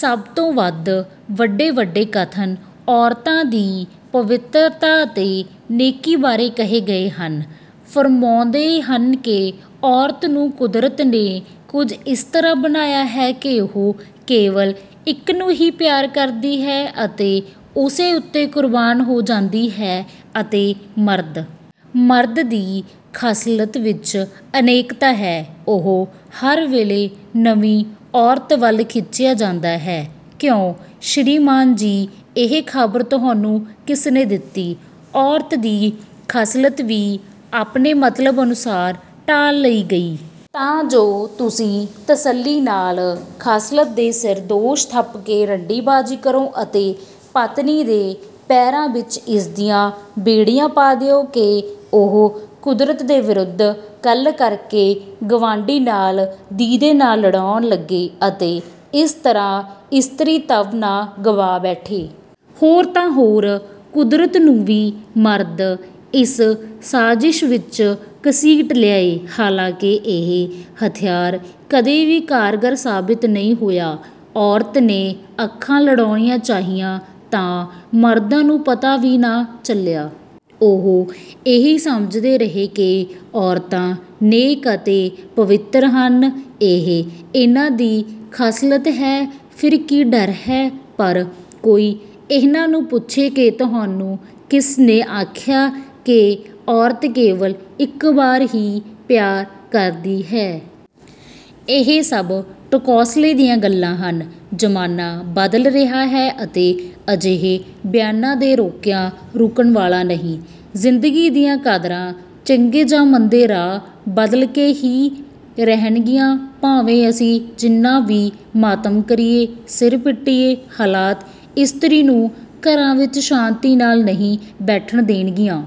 ਸਭ ਤੋਂ ਵੱਧ ਵੱਡੇ ਵੱਡੇ ਕਥਨ ਔਰਤਾਂ ਦੀ ਪਵਿੱਤਰਤਾ ਅਤੇ ਨੇਕੀ ਬਾਰੇ ਕਹੇ ਗਏ ਹਨ। ਫ਼ਰਮਾਉਂਦੇ ਹਨ ਕਿ 'ਔਰਤ ਨੂੰ ਕੁਦਰਤ ਨੇ ਕੁਝ ਇਸ ਤਰ੍ਹਾਂ ਬਣਾਇਆ ਹੈ ਕਿ ਉਹ ਕੇਵਲ ਇੱਕ ਨੂੰ ਹੀ ਪਿਆਰ ਕਰਦੀ ਹੈ ਅਤੇ ਉਸੇ ਉੱਤੇ ਕੁਰਬਾਨ ਹੋ ਜਾਂਦੀ ਹੈ'ਅਤੇ ਮਰਦ! 'ਮਰਦ ਦੀ ਖਸਲਤ ਵਿੱਚ 'ਅਨੇਕਤਾ' ਹੈ। ਉਹ ਹਰ ਵੇਲੇ ਨਵੀਂ ਔਰਤ ਵੱਲ ਖਿੱਚਿਆ ਜਾਂਦਾ ਹੈ।' ਕਿਉਂ ਸ੍ਰੀਮਾਨ ਜੀ ਇਹ ਖ਼ਬਰ ਤੁਹਾਨੂੰ ਕਿਸਨੇ ਦਿੱਤੀ? ਔਰਤ ਦੀ ਖਸਲਤ ਵੀ ਆਪਣੇ ਮਤਲਬ ਅਨੁਸਾਰ ਢਾਲ ਲਈ ਗਈ ਤਾਂ ਜੋ ਤੁਸੀਂ ਤਸੱਲੀ ਨਾਲ ਖਸਲਤ ਦੇ ਸਿਰ ਦੋਸ਼ ਥੱਪ ਕੇ 'ਰੰਡੀ-ਬਾਜ਼ੀ' ਕਰੋ ਅਤੇ ਪਤਨੀ ਦੇ ਪੈਰਾਂ ਵਿੱਚ ਇਸ ਦੀਆਂ ਬੇੜੀਆਂ ਪਾ ਦਿਓ ਕਿ ਉਹ ਕੁਦਰਤ ਦੇ ਵਿਰੁੱਧ ਗੱਲ ਕਰਕੇ, ਗਵਾਂਢੀ ਨਾਲ ਦੀਦੇ ਨਾ ਲੜਾਉਣ ਲੱਗੇ ਅਤੇ ਇਸ ਤਰ੍ਹਾਂ 'ਇਸਤਰੀਤਵ' ਨਾ ਗਵਾ ਬੈਠੇ। ਹੋਰ ਤਾਂ ਹੋਰ ਕੁਦਰਤ ਨੂੰ ਵੀ ਮਰਦ ਇਸ ਸਾਜ਼ਿਸ਼ ਵਿੱਚ ਘਸੀਟ ਲਿਆਏ। ਹਾਲਾਂਕਿ ਇਹ ਹਥਿਆਰ ਕਦੇ ਵੀ ਕਾਰਗਰ ਸਾਬਤ ਨਹੀਂ ਹੋਇਆ। ਔਰਤ ਨੇ ਅੱਖਾਂ ਲੜਾਉਣੀਆਂ ਚਾਹੀਆਂ ਤਾਂ ਮਰਦਾਂ ਨੂੰ ਪਤਾ ਵੀ ਨਾ ਚੱਲਿਆ। ਉਹ, ਇਹੀ ਸਮਝਦੇ ਰਹੇ ਕਿ ਔਰਤਾਂ ਨੇਕ ਅਤੇ ਪਵਿੱਤਰ ਹਨ। ਇਹ ਇਹਨਾਂ ਦੀ ਖਸਲਤ ਹੈ। ਫਿਰ ਕੀ ਡਰ ਹੈ? ਪਰ ਕੋਈ ਇਹਨਾਂ ਨੂੰ ਪੁੱਛੇ ਕਿ ਤੁਹਾਨੂੰ ਕਿਸ ਨੇ ਆਖਿਆ ਕਿ ਔਰਤ ਕੇਵਲ ਇੱਕ ਵਾਰ ਹੀ ਪਿਆਰ ਕਰਦੀ ਹੈ? ਇਹ ਸਭ ਢਕੌਂਸਲੇ ਦੀਆਂ ਗੱਲਾਂ ਹਨ। ਜ਼ਮਾਨਾ ਬਦਲ ਰਿਹਾ ਹੈ ਅਤੇ ਅਜਿਹੇ ਬਿਆਨਾਂ ਦੇ ਰੋਕਿਆਂ, ਰੁਕਣ ਵਾਲਾ ਨਹੀਂ। ਜ਼ਿੰਦਗੀ ਦੀਆਂ ਕਦਰਾਂ ਚੰਗੇ ਜਾਂ ਮੰਦੇ ਰਾਹ ਬਦਲ ਕੇ ਹੀ ਰਹਿਣਗੀਆਂ ਭਾਵੇਂ ਅਸੀਂ ਜਿੰਨਾ ਵੀ ਮਾਤਮ ਕਰੀਏ, ਸਿਰ ਪਿੱਟੀਏ, ਹਾਲਾਤ, ਇਸਤਰੀ ਨੂੰ ਘਰਾਂ ਵਿੱਚ ਸ਼ਾਂਤੀ ਨਾਲ ਨਹੀਂ ਬੈਠਣ ਦੇਣਗੀਆਂ।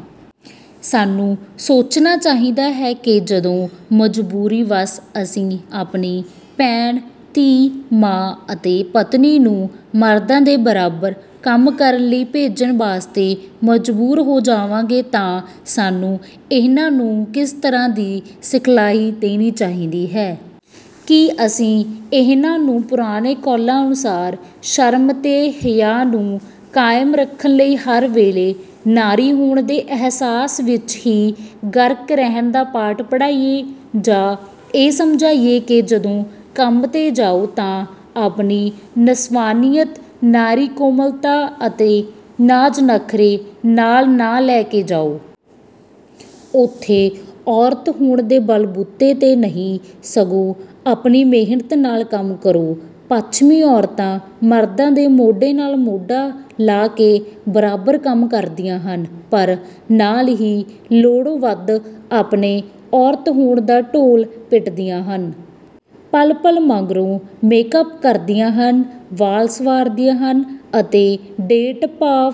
ਸਾਨੂੰ ਸੋਚਣਾ ਚਾਹੀਦਾ ਹੈ ਕਿ ਜਦੋਂ ਮਜਬੂਰੀ-ਵਸ ਅਸੀਂ ਆਪਣੀ ਭੈਣ, ਧੀ, ਮਾਂ ਅਤੇ ਪਤਨੀ ਨੂੰ ਮਰਦਾਂ ਦੇ ਬਰਾਬਰ ਕੰਮ ਕਰਨ ਲਈ ਭੇਜਣ ਵਾਸਤੇ ਮਜਬੂਰ ਹੋ ਜਾਵਾਂਗੇ ਤਾਂ ਸਾਨੂੰ ਇਹਨਾਂ ਨੂੰ ਕਿਸ ਤਰ੍ਹਾਂ ਦੀ ਸਿਖਲਾਈ ਦੇਣੀ ਚਾਹੀਦੀ ਹੈ। ਕੀ ਅਸੀਂ ਇਹਨਾਂ ਨੂੰ ਪੁਰਾਣੇ ਕੌਲਾਂ ਅਨੁਸਾਰ ਸ਼ਰਮ ਤੇ ਹਯਾ ਨੂੰ ਕਾਇਮ ਰੱਖਣ ਲਈ ਹਰ ਵੇਲੇ 'ਨਾਰੀ' ਹੋਣ ਦੇ ਅਹਿਸਾਸ ਵਿੱਚ ਹੀ ਗਰਕ ਰਹਿਣ ਦਾ ਪਾਠ ਪੜ੍ਹਾਈਏ। ਜਾਂ ਇਹ ਸਮਝਾਈਏ ਕਿ ਜਦੋਂ ਕੰਮ 'ਤੇ ਜਾਓ ਤਾਂ ਆਪਣੀ ਨਸਵਾਨੀਅਤ, ਨਾਰੀ-ਕੋਮਲਤਾ ਅਤੇ ਨਾਜ਼-ਨਖ਼ਰੇ, ਨਾਲ ਨਾ ਲੈ ਕੇ ਜਾਓ। ਉੱਥੇ 'ਔਰਤ' ਹੋਣ ਦੇ ਬਲ-ਬੂਤੇ 'ਤੇ ਨਹੀਂ ਸਗੋਂ ਆਪਣੀ ਮਿਹਨਤ ਨਾਲ ਕੰਮ ਕਰੋ। ਪੱਛਮੀ ਔਰਤਾਂ ਮਰਦਾਂ ਦੇ 'ਮੋਢੇ ਨਾਲ ਮੋਢਾ' ਲਾ ਕੇ ਬਰਾਬਰ ਕੰਮ ਕਰਦੀਆਂ ਹਨ ਪਰ ਨਾਲ ਹੀ ਲੋੜੋਂ ਵੱਧ ਆਪਣੇ ਔਰਤ ਹੋਣ ਦਾ ਢੋਲ ਪਿੱਟਦੀਆਂ ਹਨ। ਪਲ-ਪਲ ਮਗਰੋਂ ਮੇਕ-ਅੱਪ ਕਰਦੀਆਂ ਹਨ। ਵਾਲ ਸੰਵਾਰਦੀਆਂ ਹਨ ਅਤੇ 'ਡੇਟ' ਭਾਵ